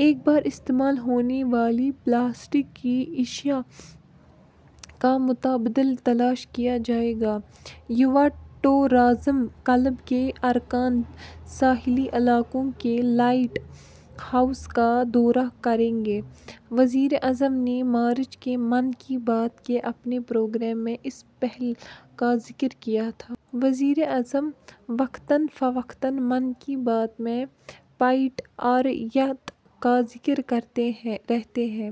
ایک بار استعمال ہونے والی پلاسٹک کی اشیا کا متبادل تلاش کیا جائے گا۔ یووا ٹورازم کلب کےا رکان ساحلی علاقوں کے لائٹ ہاؤسوں کا دورہ کریں گے۔ وزیر اعظم نے مارچ کے ' من کی بات 'کے اپنے پروگرام میں اس پہل کا ذکر کیا تھا۔ وزیر اعظم وقتاً فوقتاً ' من کی بات' میں پائیداریت کا ذکر کرتے رہے ہیں۔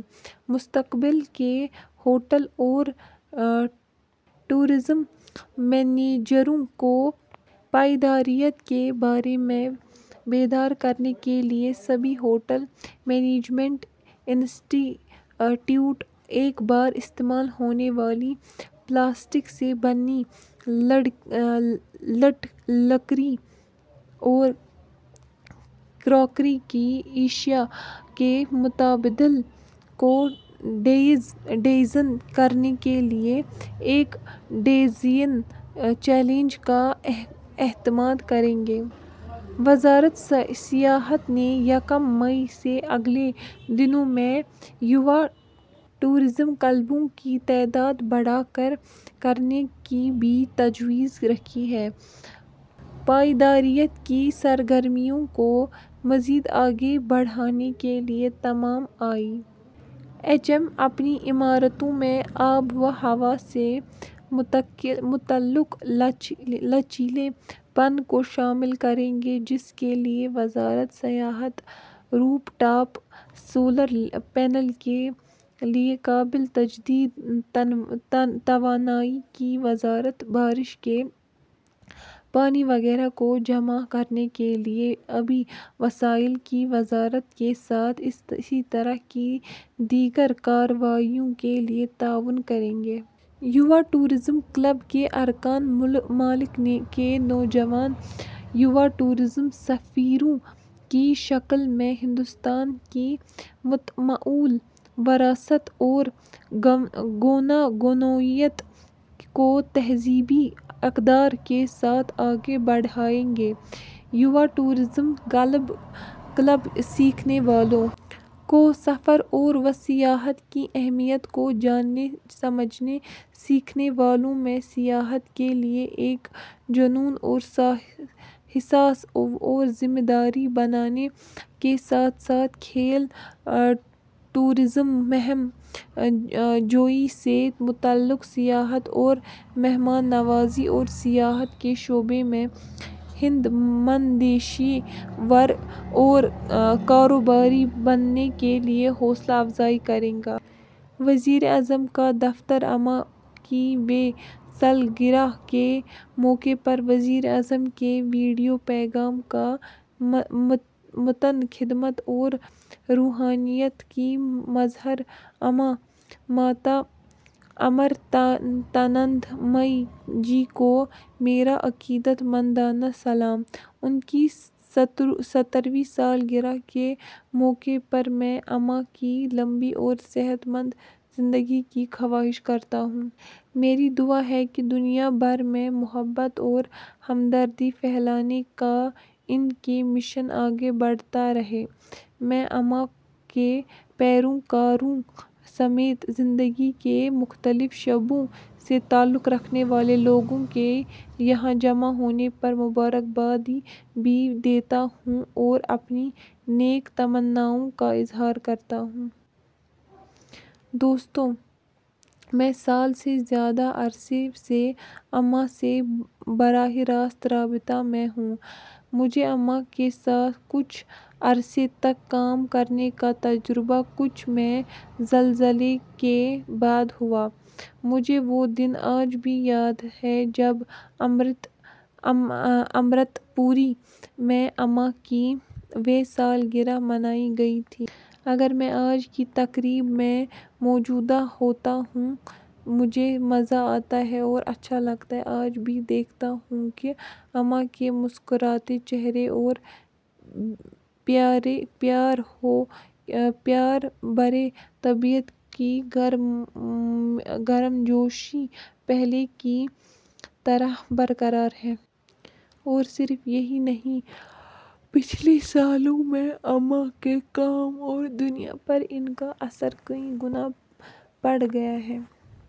مستقبل کے ہوٹل اور ٹورازم منیجروں کو پائیداریت کے بارےمیں بیدار کرنے کے لیے سبھی ہوٹل مینجمنٹ انسٹی ٹیوٹ ایک بار استعمال ہونے والی پلاسٹک سے بنی کٹلری اور کراکری کی اشیا کے متبادل کو ڈیزائن کرنے کے لیے ایک ڈیزائن چیلنج کا اہتمام کریں گے۔ وزارت سیاحت نے یکم مئی سے اگلے دنوں میں یووا ٹورازم کلبوں کی تعداد بڑھا کر کرنے کی بھی تجویز رکھی ہے۔ پائیداریت کی سرگرمیوں کو مزید آگے بڑھانے کے لئے ،تمام آئی ایچ ایم اپنی عمارتوں میں آب و ہوا سے متعلق لچیلے پن کو شامل کریں گے جس کے لئے وزارت سیاحت، روپ ٹاپ سولر پینل کے لئے قابل تجدید توانائی کی وزارت بارش کے پانی وغیرہ کو جمع کرنے کے لئے آبی وسائل کی وزارت کے ساتھ اسی طرح کی دیگر کارروائیوں کے لئے تعاون کرے گی۔ یووا ٹورازم کلب کے ارکان ملک کے نوجوان یووا ٹورزم سفیروں کی شکل میں ہندوستان کی متمول وراثت اور گوناگونیت کو تہذیبی اقدار کے ساتھ آگے بڑھائیں گے۔ یووا ٹورازم کلب سیکھنے والوں کو سفر اور و سیاحت کی اہمیت کو جاننے ، سمجھنے ، سیکھنے والوں میں سیاحت کے لئے ایک جنون اور حساس اور ذمہ دار بنانے کے ساتھ ساتھ کھیل ٹورازم ، مہم جوئی سے متعلق سیاحت اور مہمان نوازی اور سیاحت کے شعبے میں ہنر مند پیشہ ور اور کاروباری بننے کے لیے حوصلہ افزائی کرے گا۔ وزیراعظم کا دفتر اماں کی ویں سالگرہ کے موقع پر وزیر اعظم کے ویڈیو پیغام کا متن خدمت اور روحانیت کی مظہر امّاں، ماتا امرتانندمئی جی کو میرا عقیدت مندانہ سلام۔ ان کی سترویں سالگرہ کے موقع پر، میں اماں کی لمبی اور صحت مند زندگی کی خواہش کرتا ہوں۔ میری دعا ہے کہ دنیا بھر میں محبت اور ہمدردی پھیلانے کا ان کا مشن آگے بڑھتا رہے۔ میں امّاں کے پیروکاروں سمیت زندگی کے مختلف شعبوں سے تعلق رکھنے والے لوگوں کے یہاں جمع ہونے پر مبارکباد بھی دیتا ہوں اور اپنی نیک تمناؤں کا اظہار کرتا ہوں۔ دوستو میں سال سے زیادہ عرصے سے اماں سے براہ راست رابطہ میں ہوں۔ مجھے اماں کے ساتھ کچھ عرصے تک کام کرنے کا تجربہ کچھ میں زلزلے کے بعد ہوا۔ مجھے وہ دن آج بھی یاد ہے جب امرت پوری میں اماں کی ویں سالگرہ منائی گئی تھی۔ اگر میں آج کی تقریب میں موجود ہوتا تو مجھے مزہ آتا اور اچھا لگتا۔ آج بھی دیکھتا ہوں کہ اماں کے مسکراتے چہرے اور پیار بھرے طبیعت کی گرمجوشی پہلے کی طرح برقرار ہے۔ اور صرف یہی نہیں، پچھلے سالوں میں اماں کے کام اور دنیا پر ان کا اثر کئی گنا بڑھ گیا ہے۔